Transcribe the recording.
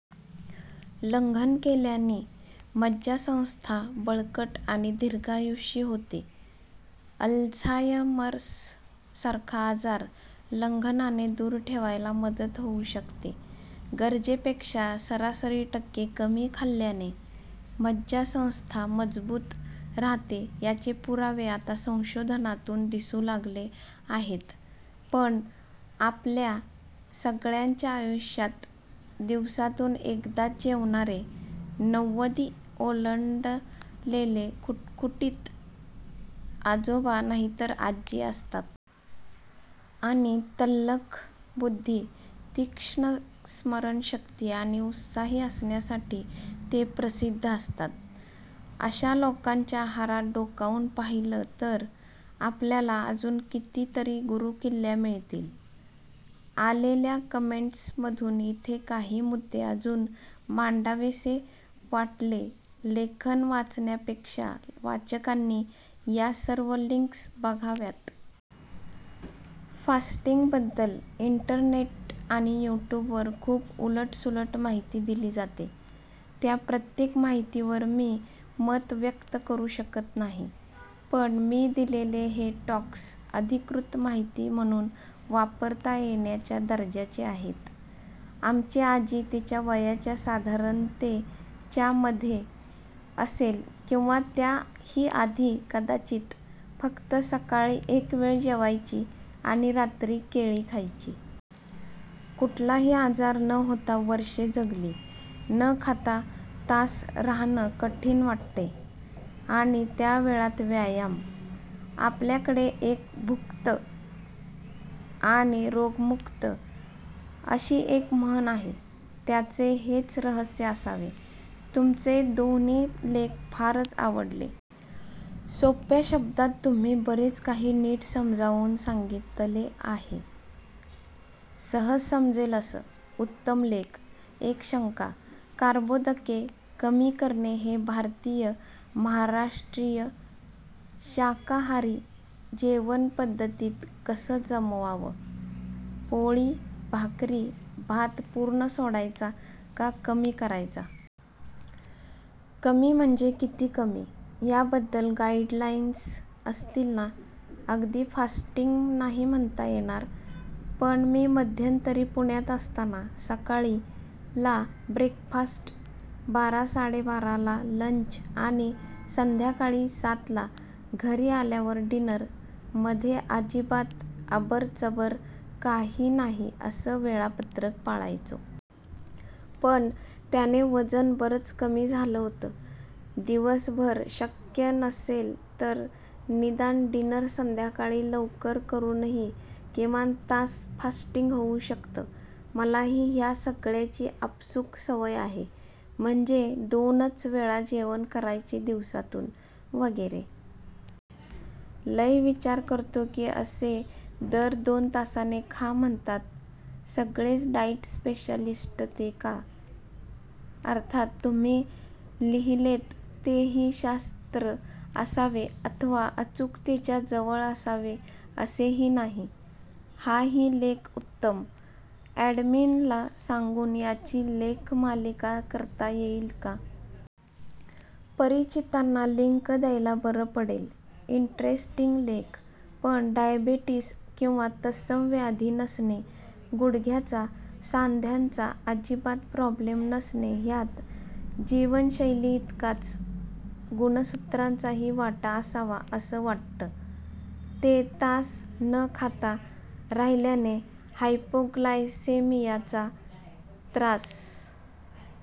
लंघन केल्यानी मज्जासंस्था बळकट आणि दीर्घायुषी होते. अल्झायमर्स सारखा आजार लंघनाने दूर ठेवायला मदत होऊ शकते. गरजेपेक्षा सरासरी टक्के कमी खाल्ल्याने मज्जासंस्था मजबूत राहते याचे पुरावे आता संशोधनातून दिसू लागले आहेत. पण आप्ल्या सगळ्यांच्या आयुष्यात दिवसातून एकदाच जेवणारे, नव्वदी ओलांडलेले खुटखुटीत आजोबा नाहीतर आजी असतात. आणि तल्लख बुद्धी, तीक्ष्ण स्मरणशक्ती, आणि उत्साही असण्यासाठी ते प्रसिद्ध असतात. अशा लोकांच्या आहारात डोकावून पाहिलं तर आपल्याला अजून कितीतरी गुरुकिल्ल्या मिळतील! आलेल्या कॉमेंट्स मधून इथे काही मुद्दे अजून मांडावेसे वाटले लेखन वाचण्यापेक्षा वाचकांनी या सर्व लिंक्स बघाव्यात. फास्टिंग बद्दल इंटरनेट आणि युट्युबवर खूप उलट सुलट माहिती दिली जाते. त्या प्रत्येक माहितीवर मी मत व्यक्त करू शकत नाही. पण मी दिलेले हे टॉक्स अधिकृत माहिती म्हणून वापरता येण्याच्या दर्जाचे आहेत. आमची आजी तिच्या वयाच्या साधारण ते च्या मधे असेल किंवा त्या ही आधी कदाचित, फक्त सकाळी एक वेळ जेवायची आणि रात्री केळी खायची. कुठलाही आजार न होता वर्षे जगली. न खाता तास राहणं कठीण वाटतयं. आणि त्या वेळात व्यायाम? आपल्याकडे "एक भुक्त आणि रोगमुक्त" अशी एक म्हण आहे. त्याचे हेच रहस्य असावे. तुमचे दोन्ही लेख फारच आवडले. सोप्या शब्दांत तुम्ही बरेच काही नीट समजावून सांगितले आहे. सहज समजेल असं.., उत्तम लेख. एक शंका, कार्बोदके कमी करणे हे भारतीय / महाराष्ट्रीय शाकाहारी जेवणपद्धतीत कसं जमवावं? पोळी / भाकरी / भात पूर्ण सोडायचा का कमी करायचा? कमी म्हणजे किती कमी? याबद्दल गाईडलाईन्स असतील ना? अगदी फास्टींग नाही म्हणता येणार पण मी मध्यंतरी पुण्यात असताना, सकाळी: ला ब्रेकफास्ट, बारा-साडेबाराला लंच आणि संध्याकाळी सातला घरी आल्यावर डीनर.. मधे अजिबात अबरचबर काही नाही असं वेळापत्रक पाळायचो. पण त्याने वजन बरच कमी झालं होतं. दिवसभर शक्य नसेल तर निदान डीनर संध्याकाळी लवकर करूनही किमान तास फास्टींग होऊ शकतं. मलाही ह्या सगळ्याची आपसूक सवय आहे. म्हणजे दोनच वेळा जेवण करायचे दिवसातून वगैरे. लै विचार करतो की असे दर दोन तासाने खा म्हणतात सगळेच डायट स्पेशालिस्ट ते का? अर्थात तुम्ही लिहिलेत तेही शास्त्र असावे अथवा अचूकतेच्या जवळ असावे असेही नाही. हाही लेख उत्तम. ॲडमिनला सांगून याची लेखमालिका करता येईल का? परिचितांना लिंक द्यायला बरं पडेल. इंटरेस्टिंग लेख! पण डायबेटिस किंवा तत्सम व्याधी नसणे, गुडघ्याचा, सांध्यांचा अजिबात प्रॉब्लेम नसणे ह्यात जीवनशैलीइतकाच गुणसुत्रांचाही वाटा असावा असं वाटतं. ते तास न खाता राहिल्याने हायपोग्लायसेमिया चा त्रास